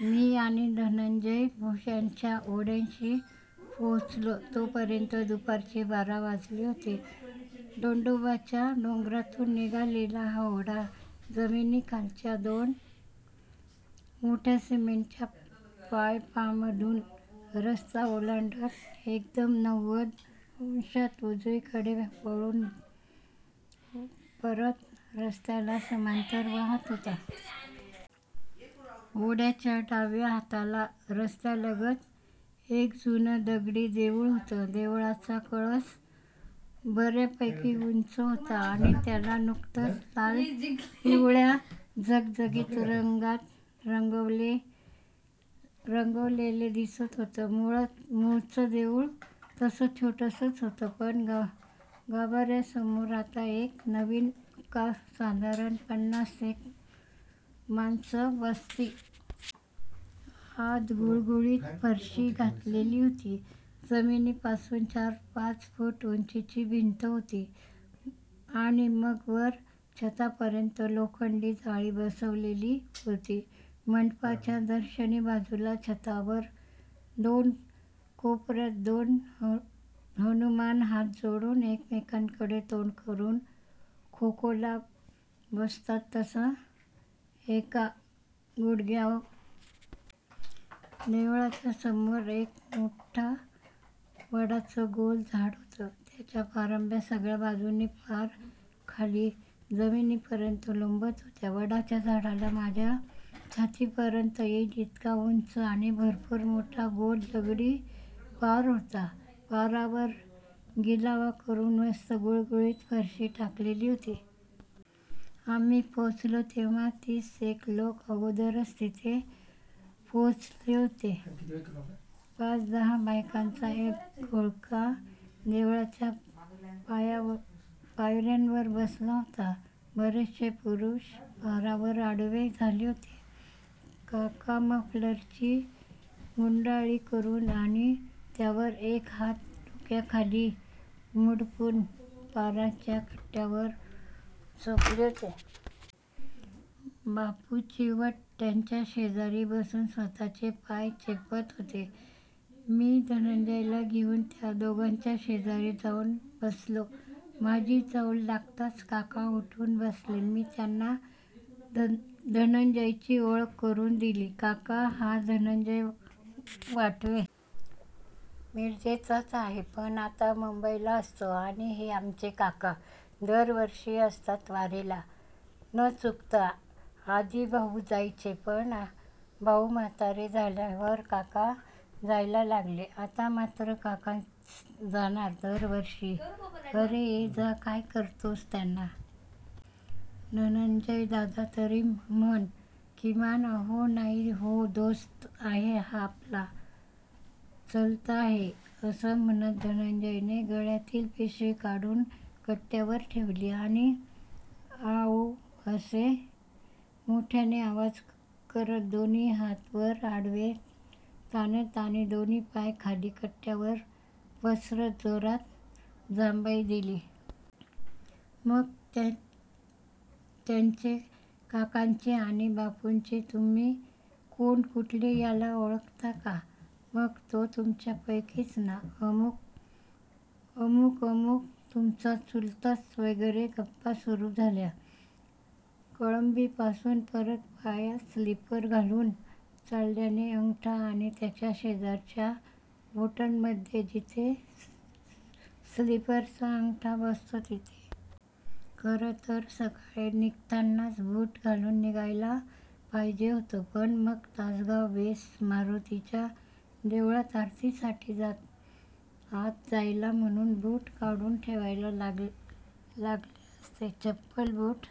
मी आणि धनंजय भोश्याच्या ओढ्याशी पोचलो तोपर्यंत दुपारचे बारा वाजले होते. दंडोबाच्या डोंगरातून निघालेला हा ओढा, जमिनीखालच्या दोन मोठ्या सिमेंटच्या पायपांमधून रस्ता ओलांडत एकदम नव्वद अंशात उजवीकडे वळून परत रस्त्याला समांतर वाहत होता. ओढ्याच्या डाव्या हाताला, रस्त्यालगत एक जुनं दगडी देउळ होतं. देवळाचा कळस बर्यापैकी उंच होता आणि त्याला नुकतच लाल-पिवळ्या झगझगीत रंगात रंगवलेलं दिसत होतं. मूळचं देउळ तसं छोटसंच होतं. पण गाभार्यासमोर आता एक नवीन पक्का, साधारण पन्नास एक माणसं बसतील एव्हडा अॅस्बेस्टॉसच्या पत्र्यांनी झाकलेला मंडप बांधलेला होता. आत गुळगुळीत फरशी घातलेली होती. जमिनीपासून चार-पाच फूट उंचीची भिंत होती आणि मग वर छतापर्यंत लोखंडी जाळी बसवलेली होती. मंडपाच्या दर्शनी बाजूला, छतावर दोन कोपर्यात दोन हनुमान हात जोडून, एकमेकांकडे तोंड करुन, खोखोला बसतात तसं एका गुढग्यावर रेलून बसले होते. देवळाच्या समोर एक मोठ्ठं वडाचं गोल झाड होतं. त्याच्या पारंब्या सगळ्या बाजूंनी पार खाली जमिनीपर्यंत लोंबत होत्या. वडाच्या झाडाला माझ्या छातीपर्यंत येइल इतका उंच आणि भरपूर मोठा गोल दगडी पार होता. पारावर गिलावा करुन मस्त गुळगुळीत फरशी टाकलेली होती. आम्ही पोचलो तेव्हा तीसएक लोकं अगोदरच तिथे पोचलेले होते. पाच-दहा बायकांचा एक घोळका देवळाच्या पायर्यांवर बसला होता. बरेचसे पुरुष पारावर आडवे झाले होते. काका मफलरची गुंडाळी करुन आणि त्यावर एक हात डोक्याखाली मुडपून पाराच्या कट्ट्यावर वर झोपले होते. बापू चिवटे त्यांच्या शेजारी बसून स्वतःचे पाय चेपत होते. मी धनंजयला घेउन त्या दोघांच्या शेजारी जाउन बसलो. माझी चाहूल लागताच काका उठून बसले. मी त्यांना धनंजयची ओळख करुन दिली. काका, हा धनंजय वाटवे. मिरजेचाच आहे, पण आता मुंबईला असतो. आणि हे आमचे काका! दरवर्षी असतात वारीला. न चूकता. आधी भाउ जायचे. पण भाउ म्हातारे झाल्यावर काका जायला लागले. आता मात्र काकाच जाणार दरवर्षी. अरे ए-जा काय करतोस त्यांना. धनंजयदादा तरी म्हण किमान. अहो नाही हो. दोस्त आहे हा आपला. चलता है. असं म्हणत धनंजयने गळ्यातली पिशवी काढून कट्ट्यावर ठेवली आणि आं उं असे मोठ्याने आवाज करत, दोन्ही हात वर-आडवे ताणत आणि दोन्ही पाय खाली कट्ट्यावर पसरत जोरात जांभई दिली. मग त्याचे, काकांचे आणि बापूंचे, तुम्ही कोण, कुठले, ह्याला ओळखता का, मग तो तुमच्यापैकीच ना, अमूक अमूक तुमचा चुलताच वगैरे गप्पा सुरु झाल्या. कळंबीपासून परत पायात स्लीपर घालून चालल्यानं, अंगठा आणि त्याच्या शेजारच्या बोटाच्यामध्ये, जिथे स्लीपरचा अंगठा बसतो, तिथे हुळहुळुन लाल झालं होतं. खरतर सकाळी निघतानाच बूट घालून निघायला पाहिजे होतं. पण मग तासगाव वेस मारुतीच्या देवळात आरतीसाठी आत जायला म्हणुन बूट काढून ठेवायला लागले असते. चपला-बूट